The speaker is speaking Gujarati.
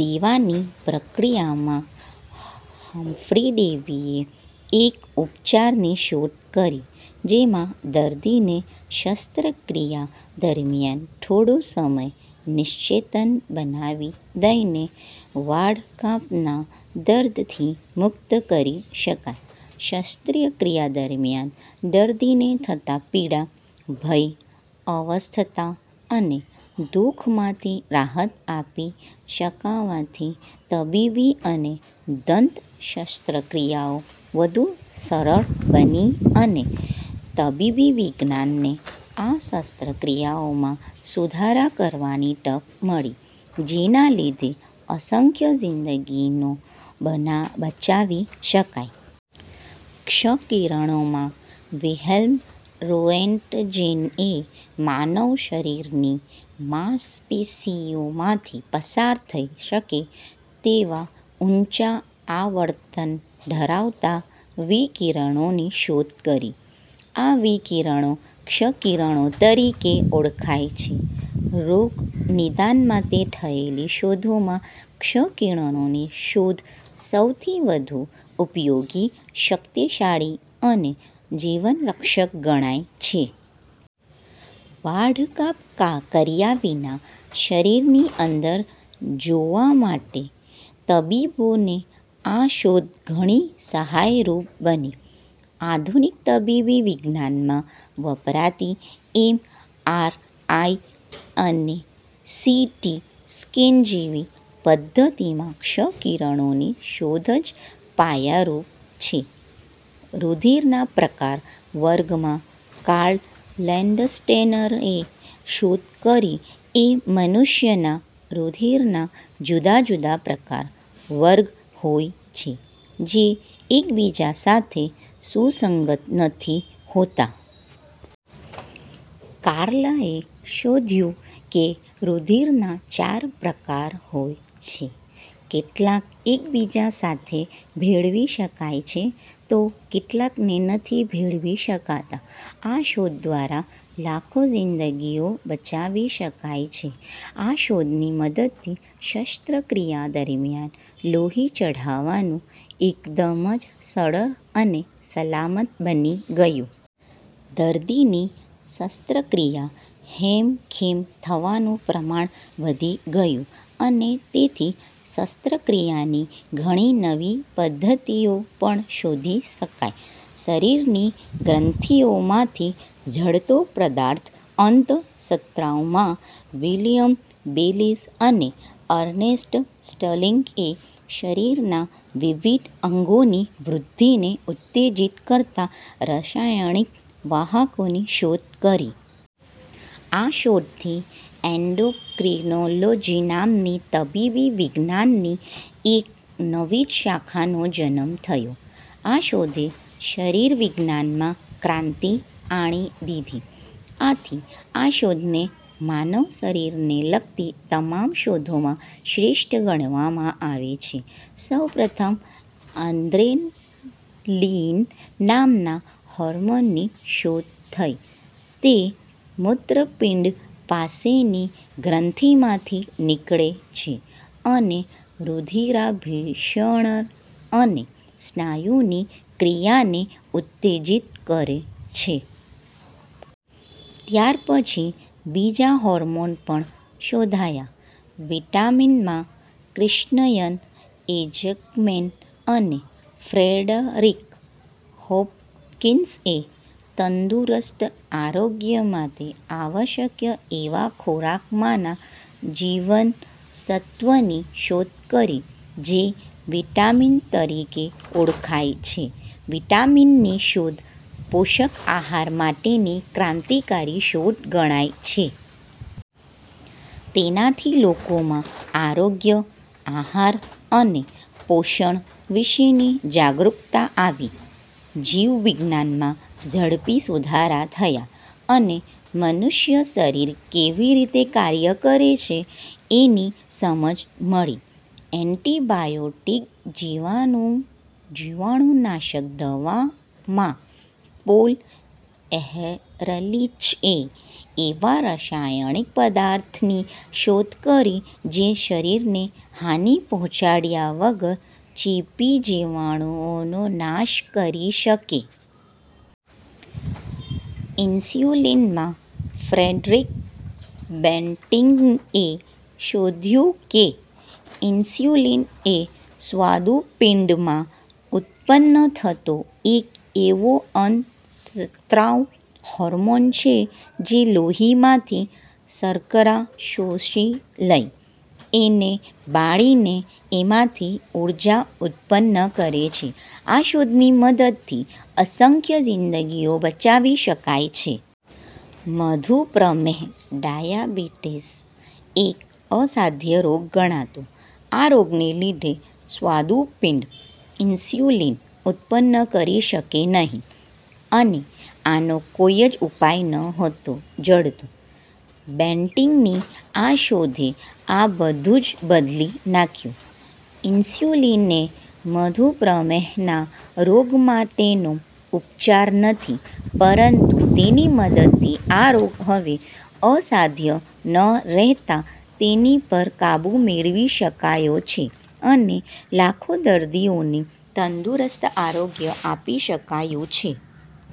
દેવાની પ્રક્રિયા માં હમ્ફ્રી ડેવીએ એક ઉપચારની શોધ કરી જેમાં દર્દીને શસ્ત્રક્રિયા દરમ્યાન થોડો સમય નિશ્ચેતન બનાવી દઈને વાઢકાપના દર્દથી મુક્ત કરી શકાય. શસ્ત્રક્રિયા દરમ્યાન દર્દીને થતા પીડા, ભય, અસ્વસ્થતા અને દુઃખમાંથી રાહત આપી શકાવાથી તબીબી અને દંત શસ્ત્રક્રિયાઓ વધુ સરળ બની અને તબીબી વિજ્ઞાનને આ શસ્ત્રક્રિયાઓમાં સુધારા કરવાની તક મળી જેના લીધે અસંખ્ય જીન્દગીઓ બચાવી શકાઈ. ક્ષ કિરણો માં વિહેલ્મ રોએન્ટજેનએ માનવશરીરની માંસપેશીઓમાંથી પસાર થઇ શકે તેવા ઊંચા આવર્તન ધરાવતા વિકિરણોની શોધ કરી. આ વિકિરણો ક્ષ કિરણો તરીકે ઓળખાય છે. રોગ નિદાન માટે થયેલી શોધોમાં ક્ષ કિરણોની શોધ સૌથી વધુ ઉપયોગી, શક્તિશાળી અને જીવનરક્ષક ગણાય છે. વાઢકાપ કર્યા વિના શરીરની અંદર જોવા માટે તબીબોને આ શોધ ઘણી સહાયરૂપ બની. આધુનિક તબીબી વિજ્ઞાનમાં વપરાતી એમ. આર. આઈ. અને સી. ટી. સ્કેન જેવી પધ્ધતિમાં ક્ષ કિરણોની શોધ જ પાયારૂપ છે. રુધિરના પ્રકાર-વર્ગ માં કાર્લ લેન્ડસ્ટેનરએ શોધ કરી કે મનુષ્યના રુધિરના જુદા જુદા પ્રકાર-વર્ગ હોય છે જે એકબીજા સાથે સુસંગત નથી હોતા. કાર્લએ શોધ્યું કે રુધિરના ચાર પ્રકાર હોય છે. કેટલાક એકબીજા સાથે ભેળવી શકાય છે તો કેટલાકને નથી ભેળવી શકાતા. આ શોધ દ્વારા લાખો જીન્દગીઓ બચાવી શકાઇ છે. આ શોધની મદદથી શસ્ત્રક્રિયા દરમ્યાન લોહી ચઢાવવાનું એકદમ જ સરળ અને સલામત બની ગયું. દર્દીની શસ્ત્રક્રિયા હેમખેમ થવાનું પ્રમાણ વધી ગયું અને તેથી શસ્ત્રક્રિયાની ઘણી નવી પદ્ધતિઓ પણ શોધી શકાઇ. શરીરની ગ્રંથીઓમાંથી ઝરતો પદાર્થ અંત:સ્ત્રાવ માં વિલિયમ બેલિસ અને અર્નેસ્ટ સ્ટર્લીંગએ શરીરના વિવિધ અંગોની વૃદ્ધિને ઉત્તેજિત કરતા રસાયણિક વાહકોની શોધ કરી. આ શોધથી એન્ડોક્રીનોલોજી નામની તબીબી વિજ્ઞાનની એક નવી જ શાખાનો જન્મ થયો. આ શોધે શરીરવિજ્ઞાનમાં ક્રાંતિ આણી દીધી. આથી આ શોધને માનવ શરીરને લગતી તમામ શોધોમાં શ્રેષ્ઠ ગણવામાં આવે છે. સૌપ્રથમ અડ્રેનલીન નામના હોર્મોનની શોધ થઇ જે મૂત્રપિંડ પાસેની ગ્રંથિમાંથી નીકળે છે અને રુધિરાભિસરણ અને સ્નાયુની ક્રિયાને ઉત્તેજિત કરે છે. ત્યાર પછી બીજા હોર્મોન પણ શોધાયા. વિટામીન માં ક્રિશ્ચયન એજક્મેન અને ફ્રેડરિક હોપકિન્સએ તંદુરસ્ત આરોગ્ય માટે આવશ્યક એવા ખોરાકમાંના જીવનસત્વની શોધ કરી. જે વિટામીન તરીકે ઓળખાય છે. વિટામીનની શોધ પોષક આહાર માટેની ક્રાંતિકારી શોધ ગણાય છે. તેનાથી લોકોમાં આરોગ્ય, આહાર અને પોષણ વિષેની જાગૃક્તા આવી. જીવવિજ્ઞાનમાં ઝડપી સુધારા થયા અને મનુષ્ય શરીર કેવી રીતે કાર્ય કરે છે એની સમજ મળી. એન્ટિબાયોટિક જીવાણુનાશક દવા માં પોલ એહરલીચએ એવા રસાયણિક પદાર્થની શોધ કરી જે શરીરને હાની પહોંચાડ્યા વગર ચેપી જીવાણુઓનો નાશ કરી શકે. ઇન્સ્યુલિન માં ફ્રેડરિક બેન્ટીંગએ શોધ્યું કે ઇન્સ્યુલિન એ સ્વાદુપિંડમાં ઉત્તપન્ન થતો એક એવો અંતસ્ત્રાવ હોર્મોન છે જે લોહીમાંથી શર્કરા શોષી લઇ, એને બાળીને એમાંથી ઊર્જા ઉત્તપન્ન કરે છે. આ શોધની મદદથી અસંખ્ય જીન્દગીઓ બચાવી શકાઇ છે. મધુપ્રમેહ-ડાયાબીટીસ એક અસાધ્ય રોગ ગણાતો. આ રોગને લીધે સ્વાદુપિંડ ઇન્સ્યુલિન ઉત્તપન્ન કરી શકે નહીં અને આનો કોઈ જ ઉપાય નહોતો જડતો. બેન્ટીંગની આ શોધે આ બધું જ બદલી નાંખ્યું. ઇન્સ્યુલિન એ મધુપ્રમેહના રોગ માટેનો ઉપચાર નથી પરંતુ તેની મદદથી આ રોગ હવે અસાધ્ય ન રહેતાં તેની પર કાબુ મેળવી શકાયો છે અને લાખો દર્દીઓને તંદુરસ્ત આરોગ્ય આપી શકાયું છે.